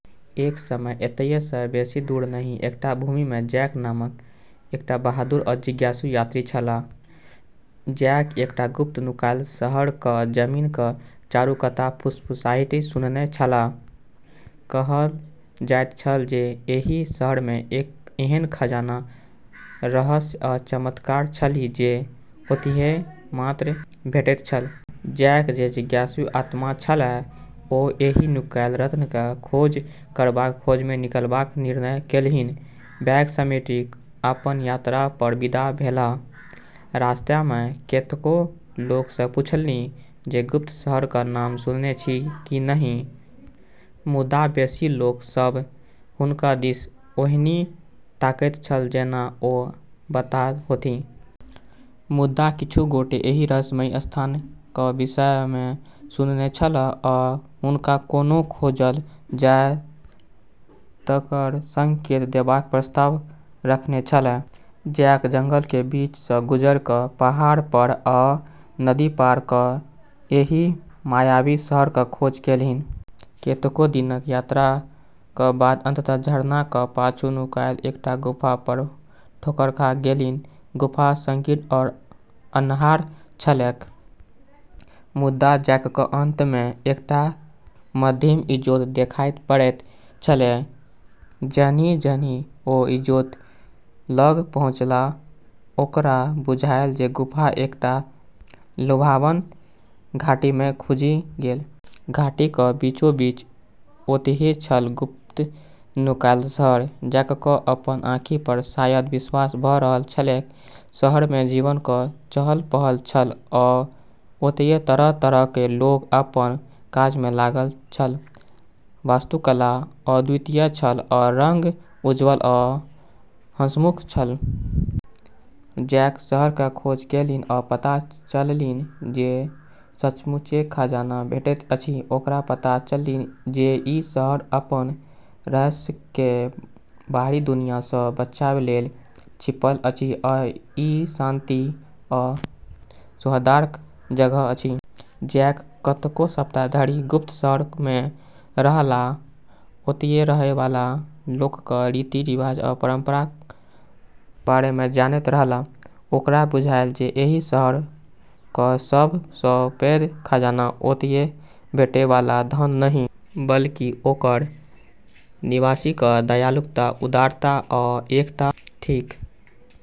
एक समय एतय सँ बेसी दूर नहि एकटा भूमिमे जैक नामक एकटा बहादुर आ जिज्ञासु यात्री छलाह। जैक एकटा गुप्त नुकायल शहरक जमीनक चारूकात फुसफुसाहटि सुनने छलाह। कहल जाइत छल जे एहि शहरमे एहन खजाना, रहस्य आ चमत्कार अछि जे ओतहि मात्र भेटैत छल। जैक, जे जिज्ञासु आत्मा छलाह, ओ एहि नुकायल रत्नक खोज करबाक खोजमे निकलबाक निर्णय कएलनि। बैग समेटि अपन यात्रा पर विदा भेलाह। रास्तामे कतेको लोक सँ पूछलनि जे गुप्त शहरक नाम सुनने छी की नहि, मुदा बेसी लोक बस हुनका दिस ओहिना तकैत छल जेना ओ बताह होथि। मुदा किछु गोटे एहि रहस्यमयी स्थानक विषयमे सुनने छलाह आ हुनका कोना खोजल जाय तकर संकेत देबाक प्रस्ताव रखने छलाह। जैक जंगलक बीच सँ गुजरि क’, पहाड़ पर, आ नदी पार क’ एहि मायावी शहरक खोज कएलनि। कतेको दिनक यात्राक बाद अंततः झरनाक पाछू नुकायल एकटा गुफा पर ठोकर खा गेलनि। गुफा संकीर्ण आ अन्हार छलैक, मुदा जैककेँ अंतमे एकटा मद्धिम इजोत देखाइ पड़ैत छलैक। जहिना-जहिना ओ इजोत लग पहुँछलाह, ओकरा बुझायल जे गुफा एकटा लुभावन घाटीमे खुजि गेल। घाटीक बीचोबीच, ओतहि छल, गुप्त नुकायल शहर। जैककेँ अपन आँखि पर शायदे विश्वास भ’ रहल छलैक। शहरमे जीवनक चहल-पहल छल, आ ओतय तरह-तरहक लोक अपन काजमे लागल छल। वास्तुकला अद्वितीय छल, आ रंग उज्ज्वल आ हंसमुख छल। जैक शहरक खोज कएलनि आ पता चललनि जे सचमुचमे खजाना भेटैत अछि। ओकरा पता चललनि जे ई शहर अपन रहस्यकेँ बाहरी दुनिया सँ बचाबा लेल छिपल अछि आ ई शांति आ सौहार्दक जगह अछि। जैक कतेको सप्ताह धरि गुप्त शहरमे रहलाह, ओतय रहै वाला लोकक रीति-रिवाज आ परंपराक बारेमे जानैत रहलाह। ओकरा बुझायल जे एहि शहरक सभ सँ पैघ खजाना ओतय भेटै बला धन नहि, बल्कि ओकर निवासीक दयालुता, उदारता आ एकता थिक।